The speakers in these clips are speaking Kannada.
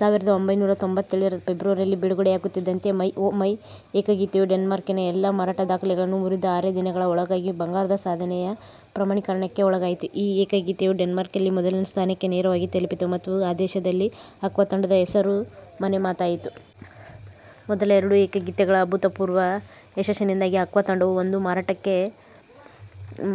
ಸಾವಿರದ ಒಂಭೈನೂರ ತ್ತೊಂಬತ್ತೇಳರ ಫೆಬ್ರುವರಿಯಲ್ಲಿ ಬಿಡುಗಡೆಯಾಗುತ್ತಿದ್ದಂತೆ "ಮೈ ಓಹ್ ಮೈ" ಏಕಗೀತೆಯು ಡೆನ್ಮಾರ್ಕಿನ ಎಲ್ಲಾ ಮಾರಾಟ ದಾಖಲೆಗಳನ್ನು ಮುರಿದು, ಆರೇ ದಿನಗಳ ಒಳಗಾಗಿ ಬಂಗಾರದ ಸಾಧನೆಯ ಪ್ರಮಾಣೀಕರಣಕ್ಕೆ ಒಳಗಾಯಿತು. ಈ ಏಕಗೀತೆಯು ಡೆನ್ಮಾರ್ಕ್ನಲ್ಲಿ ಮೊದಲನೇ ಸ್ಥಾನಕ್ಕೆ ನೇರವಾಗಿ ತಲುಪಿತು, ಮತ್ತು ಆ ದೇಶದಲ್ಲಿ ಆಕ್ವಾ ತಂಡದ ಹೆಸರು ಮನೆಮಾತಾಯಿತು. ಮೊದಲ ಎರಡು ಏಕಗೀತೆಗಳ ಅಭೂತಪೂರ್ವ ಯಶಸ್ಸಿನಿಂದಾಗಿ, ಆಕ್ವಾ ತಂಡವು ಒಂದು ಮಾರುಕಟ್ಟೆ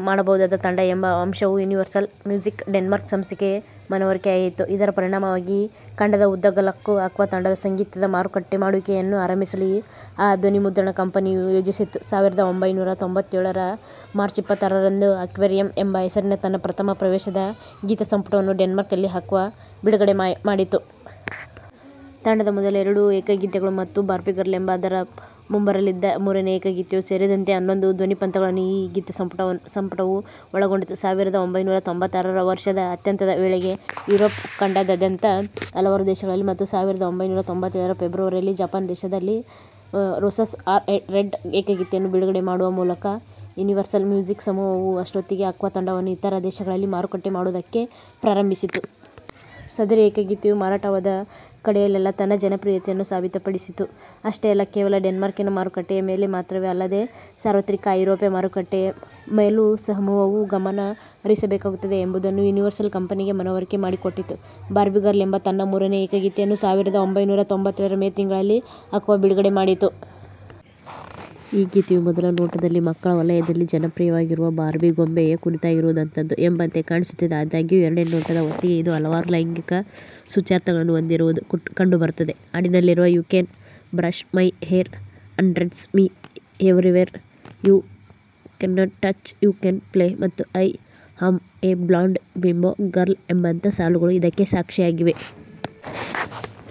ಮಾಡಬಹುದಾದ ತಂಡ ಎಂಬ ಅಂಶವು ಯೂನಿವರ್ಸಲ್ ಮ್ಯೂಸಿಕ್ ಡೆನ್ಮಾರ್ಕ್ ಸಂಸ್ಥೆಗೆ ಮನವರಿಕೆಯಾಯಿತು. ಇದರ ಪರಿಣಾಮವಾಗಿ ಖಂಡದ ಉದ್ದಗಲಕ್ಕೂ ಆಕ್ವಾ ತಂಡದ ಸಂಗೀತದ ಮಾರುಕಟ್ಟೆ ಮಾಡುವಿಕೆಯನ್ನು ಆರಂಭಿಸಲು ಆ ಧ್ವನಿಮುದ್ರಣ ಕಂಪನಿಯು ಯೋಜಿಸಿತು. ಸಾವಿರದ ಒಂಭೈನೂರ ತ್ತೊಂಬತ್ತೇಳರ ಮಾರ್ಚ್ ಇಪ್ಪತ್ತಾರರಂದು, ಆಕ್ವೇರಿಯಂ ಎಂಬ ಹೆಸರಿನ ತನ್ನ ಪ್ರಥಮ ಪ್ರವೇಶದ ಗೀತಸಂಪುಟವನ್ನು ಡೆನ್ಮಾರ್ಕ್ನಲ್ಲಿ ಆಕ್ವಾ ಬಿಡುಗಡೆಮಾಡಿತು. ತಂಡದ ಮೊದಲ ಎರಡು ಏಕಗೀತೆಗಳು ಮತ್ತು "ಬಾರ್ಬೀ ಗರ್ಲ್" ಎಂಬ ಅದರ ಮುಂಬರಲಿದ್ದ ಮೂರನೇ ಏಕಗೀತೆಯೂ ಸೇರಿದಂತೆ, ಹನ್ನೊಂದು ಧ್ವನಿಪಥಗಳನ್ನು ಈ ಗೀತಸಂಪುಟವು ಒಳಗೊಂಡಿತ್ತು. ಸಾವಿರದ ಒಂಭೈನೂರ ತ್ತೊಂಬತ್ತಾರರ ವರ್ಷದ ಅಂತ್ಯದ ವೇಳೆಗೆ ಯುರೋಪ್ ಖಂಡದಾದ್ಯಂತದ ಹಲವಾರು ದೇಶಗಳಲ್ಲಿ ಮತ್ತು ಸಾವಿರದ ಒಂಭೈನೂರ ತ್ತೊಂಬತ್ತೇಳರ ಫೆಬ್ರುವರಿಯಲ್ಲಿ ಜಪಾನ್ ದೇಶದಲ್ಲಿ "ರೋಸಸ್ ಆರ್ ರೆಡ್" ಏಕಗೀತೆಯನ್ನು ಬಿಡುಗಡೆ ಮಾಡುವ ಮೂಲಕ, ಯೂನಿವರ್ಸಲ್ ಮ್ಯೂಸಿಕ್ ಸಮೂಹವು ಅಷ್ಟುಹೊತ್ತಿಗೆ ಆಕ್ವಾ ತಂಡವನ್ನು ಇತರ ದೇಶಗಳಲ್ಲಿ ಮಾರುಕಟ್ಟೆ ಮಾಡುವುದಕ್ಕೆ ಪ್ರಾರಂಭಿಸಿತ್ತು. ಸದರಿ ಏಕಗೀತೆಯು ಮಾರಾಟವಾದ ಕಡೆಯಲ್ಲೆಲ್ಲಾ ತನ್ನ ಜನಪ್ರಿಯತೆಯನ್ನು ಸಾಬೀತುಪಡಿಸಿತು. ಅಷ್ಟೇ ಅಲ್ಲ, ಕೇವಲ ಡೆನ್ಮಾರ್ಕಿನ ಮಾರುಕಟ್ಟೆಯ ಮೇಲೆ ಮಾತ್ರವೇ ಅಲ್ಲದೇ, ಸಾರ್ವತ್ರಿಕ ಐರೋಪ್ಯ ಮಾರುಕಟ್ಟೆಯ ಮೇಲೂ ಸಮೂಹವು ಗಮನ ಹರಿಸಬೇಕಾಗುತ್ತದೆ ಎಂಬುದನ್ನು ಯೂನಿವರ್ಸಲ್ ಕಂಪನಿಗೆ ಮನವರಿಕೆ ಮಾಡಿಕೊಟ್ಟಿತು. "ಬಾರ್ಬೀ ಗರ್ಲ್" ಎಂಬ ತನ್ನ ಮೂರನೇ ಏಕಗೀತೆಯನ್ನು ಸಾವಿರದ ಒಂಭೈನೂರ ತ್ತೊಂಬತ್ತೇಳರ ಮೇ ತಿಂಗಳಲ್ಲಿ ಆಕ್ವಾ ಬಿಡುಗಡೆಮಾಡಿತು. ಈ ಗೀತೆಯು ಮೊದಲ ನೋಟದಲ್ಲಿ, ಮಕ್ಕಳ ವಲಯದಲ್ಲಿ ಜನಪ್ರಿಯವಾಗಿರುವ ಬಾರ್ಬೀ ಗೊಂಬೆಯ ಕುರಿತಾಗಿರುವಂಥದ್ದು ಎಂಬಂತೆ ಕಾಣಿಸುತ್ತದೆ. ಆದಾಗ್ಯೂ, ಎರಡನೇ ನೋಟದ ಹೊತ್ತಿಗೆ, ಇದು ಹಲವಾರು ಲೈಂಗಿಕ ಸೂಚ್ಯಾರ್ಥಗಳನ್ನು ಹೊಂದಿರುವುದು ಕಂಡುಬರುತ್ತದೆ; ಹಾಡಿನಲ್ಲಿರುವ "you can brush my hair, undress me everywhere," "you can touch, you can play," ಮತ್ತು "I am a blonde bimbo girl" ಎಂಬಂಥ ಸಾಲುಗಳು ಇದಕ್ಕೆ ಸಾಕ್ಷಿಯಾಗಿವೆ.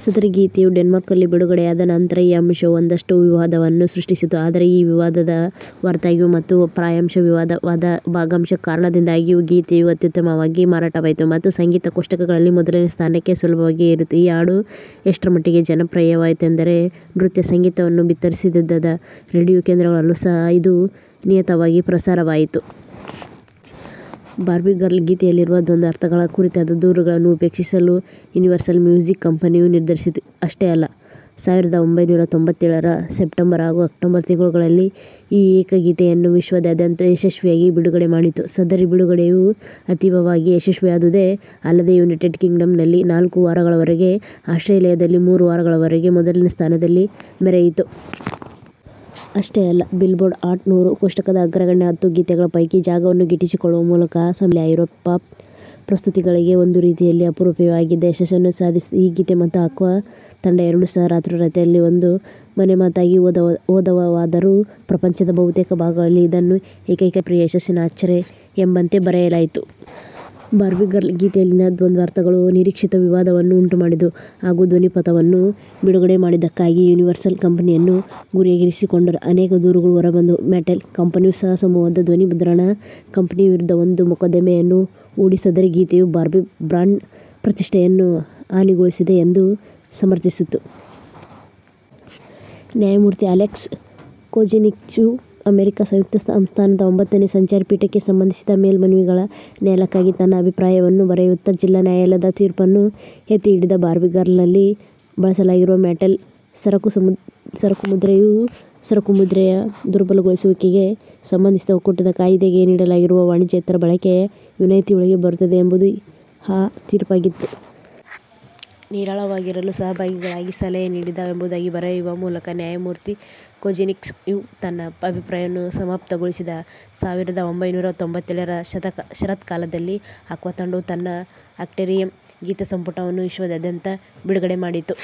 ಸದರಿ ಗೀತೆಯು ಡೆನ್ಮಾರ್ಕ್ನಲ್ಲಿ ಬಿಡುಗಡೆಯಾದ ನಂತರ, ಈ ಅಂಶವು ಒಂದಷ್ಟು ವಿವಾದವನ್ನು ಸೃಷ್ಟಿಸಿತು. ಆದರೆ ಈ ವಿವಾದದ ಹೊರತಾಗಿಯೂ ಮತ್ತು ಪ್ರಾಯಶಃ ವಿವಾದದ ಭಾಗಶಃ ಕಾರಣದಿಂದಾಗಿಯೂ, ಗೀತೆಯು ಅತ್ಯುತ್ತಮವಾಗಿ ಮಾರಾಟವಾಯಿತು ಮತ್ತು ಸಂಗೀತ-ಕೋಷ್ಟಕಗಳಲ್ಲಿ ಮೊದಲನೇ ಸ್ಥಾನಕ್ಕೆ ಸುಲಭವಾಗಿ ಏರಿತು. ಈ ಹಾಡು ಎಷ್ಟರಮಟ್ಟಿಗೆ ಜನಪ್ರಿಯವಾಯಿತೆಂದರೆ, ನೃತ್ಯ ಸಂಗೀತವನ್ನು ಬಿತ್ತರಿಸದಿದ್ದ ರೇಡಿಯೋ ಕೇಂದ್ರಗಳಲ್ಲೂ ಸಹ ಇದು ನಿಯತವಾಗಿ ಪ್ರಸಾರವಾಯಿತು. "ಬಾರ್ಬೀ ಗರ್ಲ್" ಗೀತೆಯಲ್ಲಿರುವ ದ್ವಂದ್ವಾರ್ಥಗಳ ಕುರಿತಾದ ದೂರುಗಳನ್ನು ಉಪೇಕ್ಷಿಸಲು ಯೂನಿವರ್ಸಲ್ ಮ್ಯೂಸಿಕ್ ಕಂಪನಿಯು ನಿರ್ಧರಿಸಿತು. ಅಷ್ಟೇ ಅಲ್ಲ, ಸಾವಿರದ ಒಂಭೈನೂರ ತ್ತೊಂಬತ್ತೇಳರ ಸೆಪ್ಟೆಂಬರ್ ಹಾಗೂ ಅಕ್ಟೋಬರ್ ತಿಂಗಳುಗಳಲ್ಲಿ ಈ ಏಕಗೀತೆಯನ್ನು ವಿಶ್ವದಾದ್ಯಂತ ಯಶಸ್ವಿಯಾಗಿ ಬಿಡುಗಡೆಮಾಡಿತು. ಸದರಿ ಬಿಡುಗಡೆಯು ಅತೀವವಾಗಿ ಯಶಸ್ವಿಯಾದುದೇ ಅಲ್ಲದೇ, ಯುನೈಟೆಡ್ ಕಿಂಗ್ಡಂನಲ್ಲಿ ನಾಲ್ಕು ವಾರಗಳವರೆಗೆ, ಆಸ್ಟ್ರೇಲಿಯಾದಲ್ಲಿ ಮೂರು ವಾರಗಳವರೆಗೆ ಮೊದಲನೇ ಸ್ಥಾನದಲ್ಲಿ ಮೆರೆಯಿತು. ಅಷ್ಟೇ ಅಲ್ಲ, ಬಿಲ್ಬೋರ್ಡ್ ಹಾಟ್ ನೂರು ಕೋಷ್ಟಕದ ಅಗ್ರಗಣ್ಯ ಹತ್ತು ಗೀತೆಗಳ ಪೈಕಿ ಜಾಗವನ್ನು ಗಿಟ್ಟಿಸಿಕೊಳ್ಳುವ ಮೂಲಕ, ಆ ಸಮಯದಲ್ಲಿ ಐರೋಪ್ಯ ಪಾಪ್ ಪ್ರಸ್ತುತಿಗಳಿಗೆ ಒಂದುರೀತಿಯಲ್ಲಿ ಅಪರೂಪವೇ ಆಗಿದ್ದ ಯಶಸ್ಸನ್ನು ಸಾಧಿಸಿತು. ಈ ಗೀತೆ ಮತ್ತು ಆಕ್ವಾ ತಂಡ ಎರಡೂ ಸಹ ರಾತ್ರೋರಾತ್ರಿಯಲ್ಲಿ ಒಂದು ಮನೆಮಾತಾಗಿಹೋದವಾದರೂ, ಪ್ರಪಂಚದ ಬಹುತೇಕ ಭಾಗಗಳಲ್ಲಿ ಇದನ್ನು ಏಕೈಕ-ಜನಪ್ರಿಯ ಯಶಸ್ಸಿನ ಅಚ್ಚರಿ ಎಂಬಂತೆ ಬರೆಯಲಾಯಿತು. "ಬಾರ್ಬೀ ಗರ್ಲ್" ಗೀತೆಯಲ್ಲಿನ ದ್ವಂದ್ವಾರ್ಥಗಳು ನಿರೀಕ್ಷಿತ ವಿವಾದವನ್ನು ಉಂಟುಮಾಡಿದವು ಹಾಗೂ ಧ್ವನಿಪಥವನ್ನು ಬಿಡುಗಡೆ ಮಾಡಿದ್ದಕ್ಕಾಗಿ ಯೂನಿವರ್ಸಲ್ ಕಂಪನಿಯನ್ನು ಗುರಿಯಾಗಿರಿಸಿಕೊಂಡು ಅನೇಕ ದೂರುಗಳು ಹೊರಬಂದವು. ಮ್ಯಾಟೆಲ್ ಕಂಪನಿಯೂ ಸಹ ಸಮೂಹದ ಧ್ವನಿಮುದ್ರಣ ಕಂಪನಿಯ ವಿರುದ್ಧ ಒಂದು ಮೊಕದ್ದಮೆಯನ್ನು ಹೂಡಿ, ಸದರಿ ಗೀತೆಯು ಬಾರ್ಬೀ ಬ್ರಾಂಡ್ನ ಪ್ರತಿಷ್ಠೆಯನ್ನು ಹಾನಿಗೊಳಿಸಿದೆ ಎಂದು ಸಮರ್ಥಿಸಿತು. ನ್ಯಾಯಮೂರ್ತಿ ಅಲೆಕ್ಸ್ ಕೊಜಿನ್ಸ್ಕಿಯು ಅಮೆರಿಕಾ ಸಂಯುಕ್ತ ಸಂಸ್ಥಾನದ ಒಂಬತ್ತನೇ ಸಂಚಾರಿ ಪೀಠಕ್ಕೆ ಸಂಬಂಧಿಸಿದ ಮೇಲ್ಮನವಿಗಳ ನ್ಯಾಯಾಲಯಕ್ಕಾಗಿ ತನ್ನ ಅಭಿಪ್ರಾಯವನ್ನು ಬರೆಯುತ್ತಾ, ಜಿಲ್ಲಾ ನ್ಯಾಯಾಲಯದ ತೀರ್ಪನ್ನು ಎತ್ತಿಹಿಡಿದ; "ಬಾರ್ಬೀ ಗರ್ಲ್"ನಲ್ಲಿ ಬಳಸಲಾಗಿರುವ ಮ್ಯಾಟೆಲ್ನ ಸರಕುಮುದ್ರೆಯು, ಸರಕುಮುದ್ರೆಯ ದುರ್ಬಲಗೊಳಿಸುವಿಕೆಗೆ ಸಂಬಂಧಿಸಿದ ಒಕ್ಕೂಟದ ಕಾಯಿದೆಗೆ ನೀಡಲಾಗಿರುವ ವಾಣಿಜ್ಯೇತರ ಬಳಕೆಯ ವಿನಾಯಿತಿಯೊಳಗೆ ಬರುತ್ತದೆ ಎಂಬುದು ಆ ತೀರ್ಪಾಗಿತ್ತು. "ನಿರಾಳವಾಗಿರಲು ಸಹಭಾಗಿಗಳಿಗೆ ಸಲಹೆ ನೀಡಲಾಗಿದೆ" ಎಂಬುದಾಗಿ ಬರೆಯುವ ಮೂಲಕ, ನ್ಯಾಯಮೂರ್ತಿ ಕೊಜಿನ್ಸ್ಕಿಯು ತನ್ನ ಅಭಿಪ್ರಾಯವನ್ನು ಸಮಾಪ್ತಗೊಳಿಸಿದ. ಸಾವಿರದ ಒಂಭೈನೂರ ತ್ತೊಂಬತ್ತೇಳರ ಶರತ್ಕಾಲದಲ್ಲಿ, ಆಕ್ವಾ ತಂಡವು ತನ್ನ ಆಕ್ವೇರಿಯಂ ಗೀತಸಂಪುಟವನ್ನು ವಿಶ್ವದಾದ್ಯಂತ ಬಿಡುಗಡೆಮಾಡಿತು.